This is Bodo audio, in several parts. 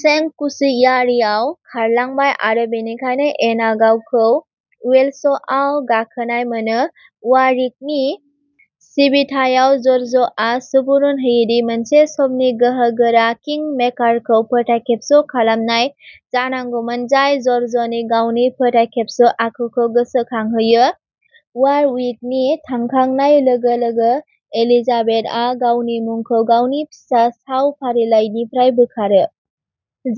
सेंक्सुयेरियाव खारलांबाय आरो बेनिखायनो एनआ गावखौ वेल्सआव गाखोनाय मोनो। वारविकनि सिबिथायाव, जर्जआ सुबुरुन होयो दि मोनसे समनि गोहोगोरा किंमेकारखौ फोथायखेबस' खालामनाय जानांगौमोन, जाय जर्जनि गावनि फोथायखेबस' आखुखौ गोसोखांहोयो। वारविकनि थांखांनाय लोगो-लोगो एलिजाबेथआ गावनि मुंखौ गावनि फिसा साव फारिलाइनिफ्राय बोखारो।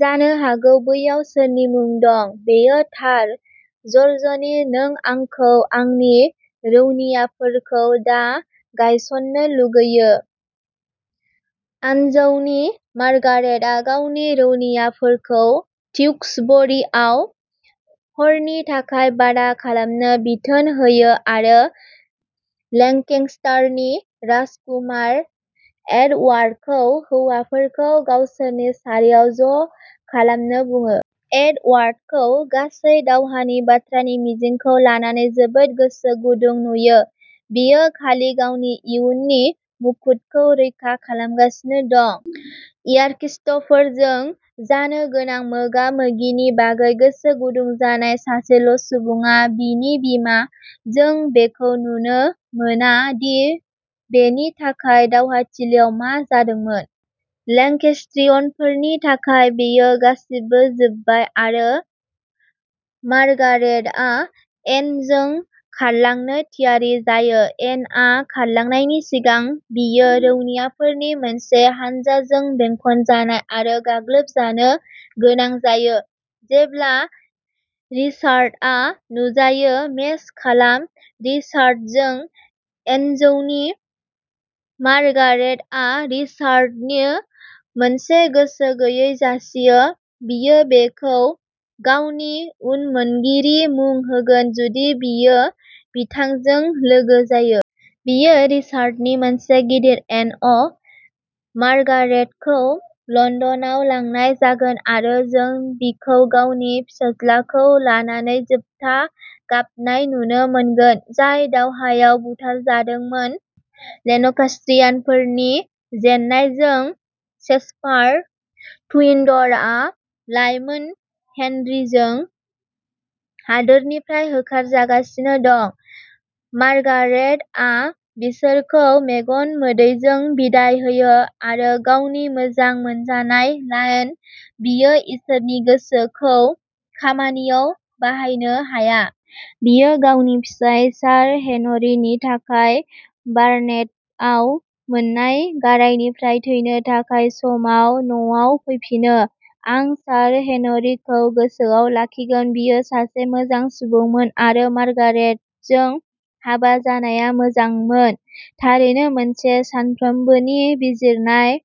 जानो हागौ बैयाव सोरनि मुं दं? बेयो थार-जर्जनि नों आंखौ आंनि रौनियाफोरखौ दा गायसननो लुगैयो? आनजौनि मार्गारेटआ गावनि रौनियाफोरखौ टिउक्सबरीआव हरनि थाखाय बादा खालामनो बिथोन होयो आरो लेंकेस्टारनि राजकुमार एडवार्डखौ हौवाफोरखौ गावसोरनि सारियाव ज' खालामनो बुङो। एडवार्डखौ गासै दावहानि बाथ्रानि मिजिंखौ लानानै जोबोद गोसो गुदुं नुयो; बियो खालि गावनि इयुननि मुकुटखौ रैखा खालामगासिनो दं। यार्किस्टफोरजों जानो गोनां मोगा-मोगिनि बागै गोसो गुदुं जानाय सासेल' सुबुङा बिनि बिमा। जों बेखौ नुनो मोना दि बेनि थाखाय दावहाथिलियाव मा जादोंमोन। लेंकेस्ट्रियनफोरनि थाखाय बेयो गासिबो जोबबाय आरो मार्गारेटआ एनजों खारलांनो थियारि जायो। एनआ खारलांनायनि सिगां, बियो रौनियाफोरनि मोनसे हानजाजों बेंखनजानाय आरो गाग्लोबजानो गोनां जायो। जेब्ला रिचार्डआ नुजायो मेस खालाम रिचार्डजों। एनजौनि मार्गारेटआ रिचार्डनो मोनसे गोसो गैयै जासियो, बियो बिखौ गावनि उनमोनगिरि मुं होगोन जुदि बियो बिथांजों लोगो जायो। बेयो रिचार्डनि मोनसे गिदिर एन अ'। मार्गारेटखौ लन्दनाव लांनाय जागोन आरो जों बिखौ गावनि फिसाज्लाखौ लानानै जोबथा गाबनाय नुनो मोनगोन, जाय दावहायाव बुथारजादोंमोन। लेन्कास्ट्रियानफोरनि जेननायजों, जेस्पार ट्यूडरआ लाइमोन हेनरीजों हादोरनिफ्राय होखारहरजागासिनो दं। मार्गारेट आ बिसोरखौ मेगन मोदैजों बिदाय होयो आरो गावनि मोजां मोनजानाय लाइन, "बेयो इसोरनि गोसो" खौ खामानियाव बाहायनो हाया। बियो गावनि फिसाय, सार हेनरीनि थाखाय बार्नेटआव मोन्नाय गारायनिफ्राय थैनो थाखाय समाव न'आव फैफिनो। आं सार हेनरीखौ गोसोआव लाखिगोन; बियो सासे मोजां सुबुंमोन, आरो मार्गारेटजों हाबा जानाया मोजांमोन। थारैनो मोनसे सानफ्रोमबोनि बिजिरनाय।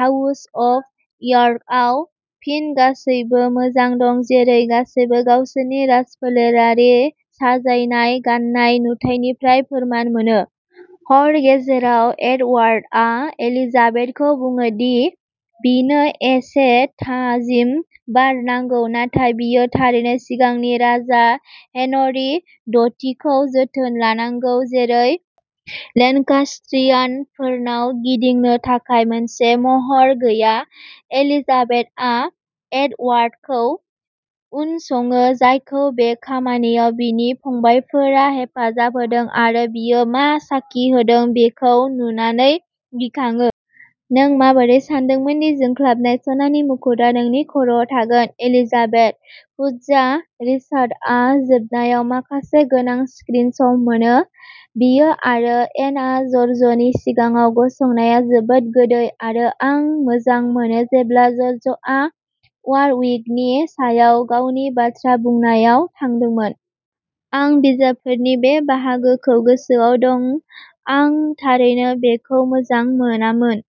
हाउस अफ यर्कआव फिन गासैबो मोजां दं, जेरै गासैबो गावसोरनि राजफोलेरारि साजायनाय गाननाय नुथाइनिफ्राय फोरमान मोनो। हर गेजेराव, एडवार्डआ एलिजाबेथखौ बुङो दि बिनो एसे थाजिम बार नांगौ, नाथाय बियो थारैनो सिगांनि राजा हेनरी दथिखौ जोथोन लानांगौ, जेरै लेन्कास्ट्रियानफोरनाव गिदिंनो थाखाय मोनसे महर गैया। एलिजाबेथआ एडवार्डखौ उनसङो, जायखौ बे खामानियाव बिनि फंबायफोरा हेफाजाब होदों, आरो बियो मा साखि होदों बेखौ नुनानै गिखाङो। नों माबोरै सानदोंमोन दि जोंख्लाबनाय, सनानि मुकुतआ नोंनि खर'आव थागोन, एलिजाबेथ? हुज्जा! रिचार्डआ जोबनायाव माखासे गोनां स्क्रिन सम मोनो! बियो आरो एनआ ज'र्जनि सिगाङाव गसंनाया जोबोद गोदै, आरो आं मोजां मोनो जेब्ला जर्जआ वारविकनि सायाव गावनि बाथ्रा बुंनायाव थांदोंमोन। आं बिजाबफोरनि बे बाहागोखौ गोसोआव दं आं थारैनो बेखौ मोजां मोनामोन।